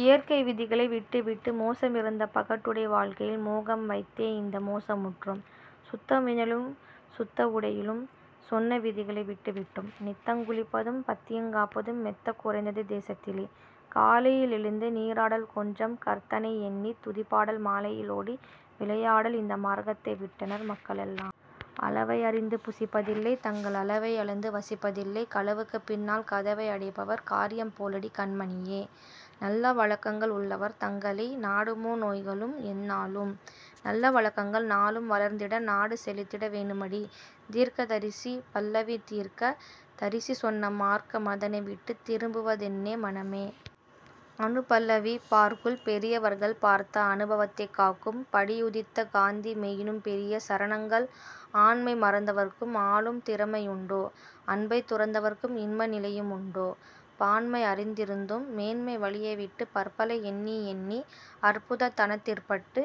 இயற்கை விதிகளை விட்டுவிட்டு மோச மிருந்த பகட்டுடை வாழ்க்கையில் மோகம்வைத் தேஇந்த மோசமுற்றோம்! சுத்த உணவிலும் சுத்த உடையிலும் சொன்ன விதிகளை விட்டு விட்டோம்; நித்தங் குளிப்பதும் பத்தியங் காப்பதும் மெத்தக் குறைந்தது தேசத்திலே. காலையி லெழுந்து நீராடல் கொஞ்சம் கர்த்தனை யெண்ணித் துதிபாடல் மாலையி லோடி விளையாடல் இந்த மார்க்கத்தை விட்டனர் மக்களெல்லாம். அளவை யறிந்து புசிப்பதில்லை தங்கள் அளவை யளந்து வசிப்பதில்லை களவுக்குப் பின்னால் கதவை அடைப்பவர் காரியம் போலடி கண்மணியே! நல்ல வழக்கங்கள் உள்ளவர் தங்களை நாடுமோ நோய்களும் எந்நாளும்? நல்ல வழக்கங்கள் நாளும் வளர்ந்திட நாடு செழித்திட வேணுமடி.. தீர்க்கதரிசி பல்லவி தீர்க்க தரிசிசொன்ன மார்க்க மதனைவிட்டுத் திரும்புவ தென்ன மனமே! அநுபல்லவி பார்க்குள் பெரியவர்கள் பார்த்த அனுபவத்தைக் காக்கும் படியுதித்த காந்தி யெனும்பெரிய சரணங்கள் ஆண்மை மறந்தவர்க்கும் ஆளும் திறமையுண்டோ? அன்பைத் துறந்தவர்க்கும் இன்ப நிலையுமுண்டோ? பான்மை அறிந்திருந்தும் மேன்மை வழியைவிட்டுப் பற்பல எண்ணிஎண்ணி அற்பத் தனத்திற்பட்டு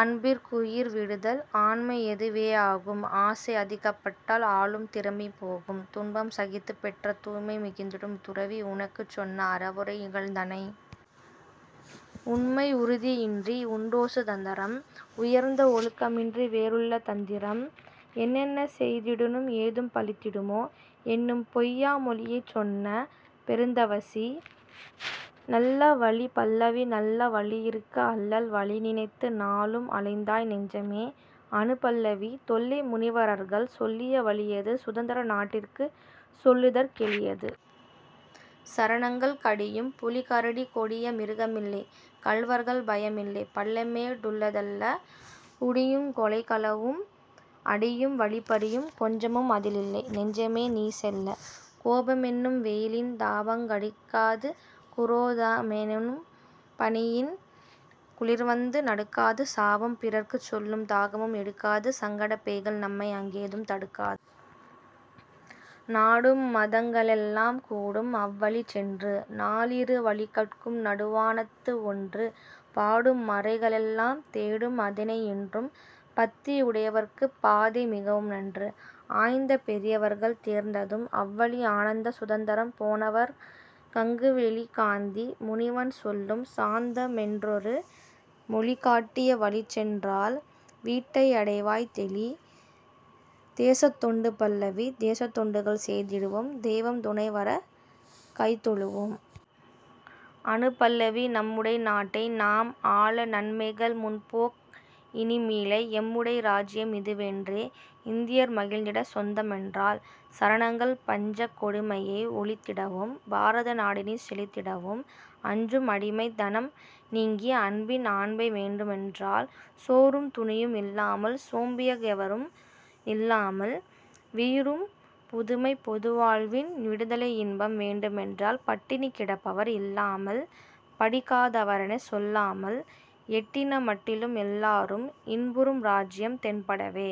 அன்பிற் குயிர்விடுதல் ஆண்மை யதுவேயாகும்; ஆசை அதிகப்பட்டால் ஆளும் திறமைபோகும்; துன்பம் சகித்துப்பெற்ற தூய்மை மிகுந்திடும் துறவி உனக்குச்சொன்ன அறவுரை இகழ்ந்தனை. உண்மை யுறுதியின்றி உண்டோசு தந்தரம்? உயர்ந்த ஒழுக்கமின்றி வேறுள்ள தந்திரம் என்னென்ன செய்திடினும் ஏதும் பலித்திடுமோ? என்னும்பொய் யாமொழியைச் சொன்ன பெருந்தவசி. நல்ல வழி பல்லவி நல்ல வழியிருக்க அல்லல் வழிநினைத்து நாளும் அலைந்தாய் நெஞ்சமே! அநுபல்லவி தொல்லை முனிவரர்கள் சொல்லிய வழியது சுதந்தர நாட்டிற்குச் சொல்லுதற் கெளியது. சரணங்கள் கடியும் புலிகரடி கொடிய மிருகமில்லை கள்வர்கள் பயமில்லை பள்ளம்மே டுள்ளதல்ல குடியுங் கொலைகளவும் அடியும் வழிப்பறியும் கொஞ்சமும் அதிலில்லை நெஞ்சமே நீசெல்ல. கோபமென் னும்வெயிலின் தாபமங் கடிக்காது குரோதமெ னும்பனியின் குளிர்வந்து நடுக்காது சாபம் பிறர்க்குச்சொல்லும் தாகமும் எடுக்காது சங்கடப் பேய்கள்நம்மை அங்கே தும் தடுக்காது. நாடும் மதங்களெல்லாம் கூடும்அவ் வழிசென்று நாலிரு வழிகட்கும் நடுவா னத்துவொன்று பாடும் மறைகளெல்லாம் தேடும் அதனையென்றும் பத்தி யுடையவர்க்குப் பாதை மிகவும்நன்று. ஆய்ந்த பெரியவர்கள் தேர்ந்ததும் அவ்வழி ஆனந்த சுதந்தரம் போனவர்க் கங்குவெளி காந்தி முனிவன்சொல்லும் சாந்தமென் றொருமொழி காட்டிய வழிசென்றால் வீட்டை யடைவாய்தெளி.. தேசத் தொண்டு பல்லவி தேசத் தொண்டுகள் செய்திடுவோம் தெய்வம் துணைவரக் கைதொழுவோம். அநுபல்லவி நம்முடை நாட்டை நாம்ஆள நன்மைகள் முன்போக் இனிமீள எம்முடைய ராஜ்ஜியம் இதுவென்றே இந்தியர் மகிழ்ந்திடச் சொந்தமென்றால். சரணங்கள் பஞ்சக் கொடுமையை ஒழித்திடவும் பாரத நாடினிச் செழித்திடவும் அஞ்சும் அடிமைத் தனம்நீங்கி அன்பின் ஆண்மை வேண்டுமென்றால் சோறும் துணியும் இல்லாமல் சோம்பியங் கெவரும் நில்லாமல் வீறும் புதுமைப் பொதுவாழ்வின் விடுதலை யின்பம் வேண்டுமென்றால் பட்டினி கிடப்பவர் இல்லாமல் படிக்கா தவரெனச் சொல்லாமல் எட்டின மட்டிலும் எல்லாரும் இன்புறும் ராஜ்ஜியம் தென்படவே.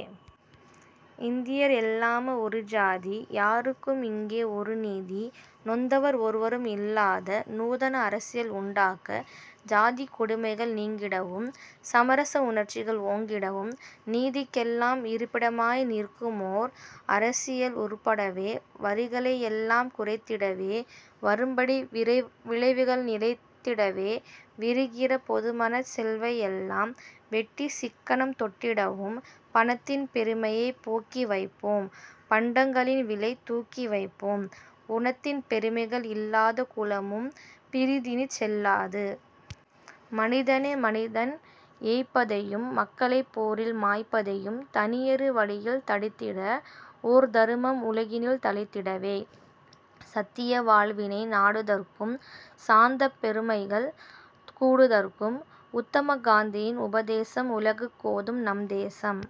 இந்தியர் எல்லாம ஒருஜாதி யாருக்கும் இங்கே ஒருநீதி நொந்தவர் ஒருவரும் இல்லாத நூதன அரசியல் உண்டாக்க ஜாதிக் கொடுமைகள் நீங்கிடவும் சமரச உணர்ச்சிகள் ஓங்கிடவும் நீதிக் கெல்லாம் இருப்பிடமாய் நிற்குமோர் அரசியல் உருப்படவே வரிகளை யெல்லாம் குறைத்திடவே வரும்படிவிறை விளைவுகள் நிறைத்திடவே விரிகிற பொதுப்பணச் செல்வையெல்லாம் வெட்டிச் சிக்கனம் தொட்டிடவும் பணத்தின் பெருமையைப் போக்கிவைப்போம் பண்டங் களின்விலை தூக்கிவைப்போம் குணத்தின் பெருமைகள் இல்லாத குலமும் பிறிதினிச் செல்லாது. மனிதனை மனிதன் ஏய்ப்பதையும் மக்களைப் போரில் மாய்ப்பதையும் தனியரு வழியில் தடுத்திடஓர் தருமம் உலகினில் தழைத்திடவே. சத்திய வாழ்வினை நாடுதற்கும் சாந்தப் பெருமைகள் கூடுதற்கும் உத்தமக் காந்தியின் உபதேசம் உலகுக் கோதும் நம்தேசம்.